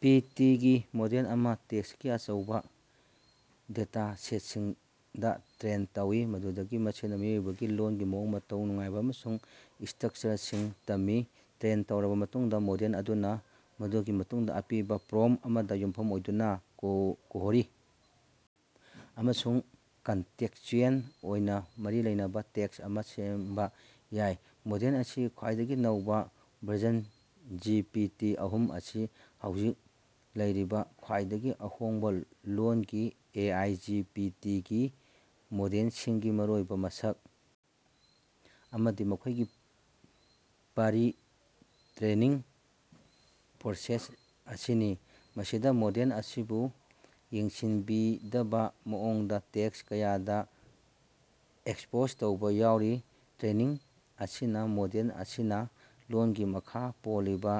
ꯄꯤ T ꯒꯤ model ꯑꯃ ꯇꯦꯛꯁꯀꯤ ꯑꯆꯧꯕ ꯗꯦꯇꯥꯁꯦꯠꯁꯤꯡꯗ ꯇ꯭ꯔꯦꯟ ꯇꯧꯏ ꯃꯗꯨꯗꯒꯤ ꯃꯁꯤꯅ ꯃꯤꯑꯣꯏꯕꯒꯤ ꯂꯣꯜꯒꯤ ꯃꯑꯣꯡ ꯃꯇꯧ ꯅꯨꯡꯉꯥꯏꯕ ꯑꯃꯁꯨꯡ ꯁꯇꯔꯛꯆꯔꯁꯤꯡ ꯇꯝꯃꯤ꯫ ꯇ꯭ꯔꯦꯟ ꯇꯧꯔꯕ ꯃꯇꯨꯡꯗ ꯃꯣꯗꯦꯜ ꯑꯗꯨꯅ ꯃꯗꯨꯒꯤ ꯃꯇꯨꯡꯗ ꯑꯄꯤꯕ ꯄꯔꯣꯝꯞ ꯑꯃꯗ ꯌꯨꯝꯐꯝ ꯑꯣꯏꯗꯨꯅ ꯀꯣꯍꯔꯤ ꯑꯃꯁꯨꯡ ꯀꯟꯇꯦꯛꯁꯆꯨꯑꯦꯜ ꯑꯣꯏꯅ ꯃꯔꯤ ꯂꯩꯅꯕ ꯇꯦꯛꯁ ꯑꯃ ꯁꯦꯝꯕ ꯌꯥꯏ꯫ ꯃꯣꯗꯦꯜ ꯑꯁꯤꯒꯤ ꯈ꯭ꯋꯥꯏꯗꯒꯤ ꯅꯧꯕ ꯚꯔꯖꯟ ꯖꯤ ꯄꯤ ꯇꯤ ꯑꯍꯨꯝ ꯑꯁꯤ ꯍꯧꯖꯤꯛ ꯂꯩꯔꯤꯕ ꯈ꯭ꯋꯥꯏꯗꯒꯤ ꯑꯍꯣꯡꯕ ꯂꯣꯜꯒꯤ A I G P T ꯒꯤ ꯃꯣꯗꯦꯜꯁꯤꯡꯒꯤ ꯃꯔꯨꯑꯣꯏꯕ ꯃꯁꯛ ꯑꯃꯗꯤ ꯃꯈꯣꯏꯒꯤ ꯄꯔꯤ ꯇꯔꯦꯅꯤꯡ ꯄ꯭ꯔꯣꯁꯦꯁ ꯑꯁꯤꯅꯤ ꯃꯁꯤꯗ ꯃꯣꯗꯦꯜ ꯑꯁꯤꯕꯨ ꯌꯦꯡꯁꯤꯟꯕꯤꯗꯕ ꯃꯑꯣꯡꯗ ꯇꯦꯛꯁ ꯀꯌꯥꯗ ꯑꯦꯛꯁꯄꯣꯖ ꯇꯧꯕ ꯌꯥꯎꯔꯤ꯫ ꯇꯔꯦꯅꯤꯡ ꯑꯁꯤꯅ ꯃꯣꯗꯦꯜ ꯑꯁꯤꯅ ꯂꯣꯜꯒꯤ ꯃꯈꯥ ꯄꯣꯜꯂꯤꯕ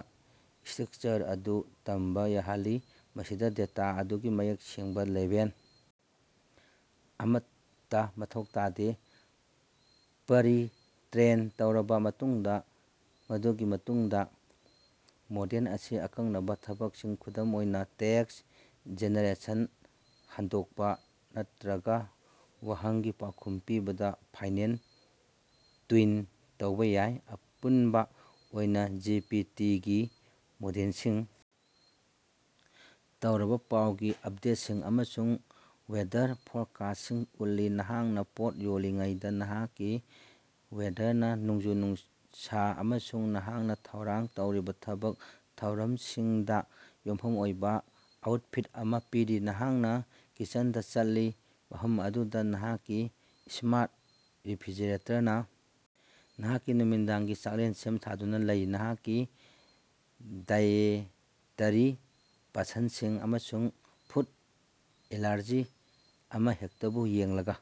ꯁꯇꯔꯛꯆꯔ ꯑꯗꯨ ꯇꯝꯕ ꯌꯥꯍꯜꯂꯤ ꯃꯁꯤꯗ ꯗꯦꯇꯥ ꯑꯗꯨꯒꯤ ꯃꯌꯦꯛ ꯁꯦꯡꯕ ꯂꯦꯕꯦꯜ ꯑꯃꯠꯇ ꯃꯊꯧ ꯇꯥꯗꯦ꯫ ꯄꯔꯤ ꯇꯔꯦꯟ ꯇꯧꯔꯕ ꯃꯇꯨꯡꯗ ꯃꯗꯨꯒꯤ ꯃꯇꯨꯡꯗ ꯃꯣꯗꯦꯜ ꯑꯁꯤ ꯑꯀꯛꯅꯕ ꯊꯕꯛꯁꯤꯡ ꯈꯨꯗꯝ ꯑꯣꯏꯅ ꯇꯦꯛꯁ ꯖꯦꯅꯦꯔꯦꯁꯟ ꯍꯟꯗꯣꯛꯄ ꯅꯠꯇ꯭ꯔꯒ ꯋꯥꯍꯪꯒꯤ ꯄꯥꯎꯈꯨꯝ ꯄꯤꯕꯗ ꯐꯥꯏꯅꯦꯜ ꯇꯌꯨꯟ ꯇꯧꯕ ꯌꯥꯏ꯫ ꯑꯄꯨꯟꯕ ꯑꯣꯏꯅ ꯖꯤ ꯄꯤ ꯇꯤ ꯒꯤ ꯃꯣꯗꯦꯜꯁꯤꯡ ꯇꯧꯔꯕ ꯄꯥꯎꯒꯤ ꯑꯞꯗꯦꯠꯁꯤꯡ ꯑꯃꯁꯨꯡ ꯋꯦꯗꯔ ꯐꯣꯔꯀꯥꯁꯁꯤꯡ ꯎꯠꯂꯤ꯫ ꯅꯍꯥꯛꯅ ꯄꯣꯠ ꯌꯣꯜꯂꯤꯉꯩꯗ ꯅꯍꯥꯛꯀꯤ ꯋꯦꯗꯔꯅ ꯅꯣꯡꯖꯨ ꯅꯨꯡꯁꯥ ꯑꯃꯁꯨꯡ ꯅꯍꯥꯛꯅ ꯊꯧꯔꯥꯡ ꯇꯧꯔꯤꯕ ꯊꯕꯛ ꯊꯧꯔꯝꯁꯤꯡꯗ ꯌꯨꯝꯐꯝ ꯑꯣꯏꯕ ꯑꯥꯎꯠꯐꯤꯠ ꯑꯃ ꯄꯤꯔꯤ꯫ ꯅꯍꯥꯛꯅ ꯀꯤꯆꯟꯗ ꯆꯠꯂꯤ ꯃꯐꯝ ꯑꯗꯨꯗ ꯅꯍꯥꯛꯀꯤ ꯁꯃꯥꯔꯠ ꯔꯦꯐ꯭ꯔꯤꯖꯔꯦꯇꯔꯅ ꯅꯍꯥꯛꯀꯤ ꯅꯨꯃꯤꯗꯥꯡꯒꯤ ꯆꯥꯛꯂꯦꯟ ꯁꯦꯝ ꯁꯥꯗꯨꯅ ꯂꯩ ꯅꯍꯥꯛꯀꯤ ꯗꯥꯏꯑꯦꯇꯔꯤ ꯄꯁꯟꯁꯤꯡ ꯑꯃꯁꯨꯡ ꯐꯨꯗ ꯑꯦꯂꯥꯔꯖꯤ ꯑꯃꯍꯦꯛꯇꯕꯨ ꯌꯦꯡꯂꯒ꯫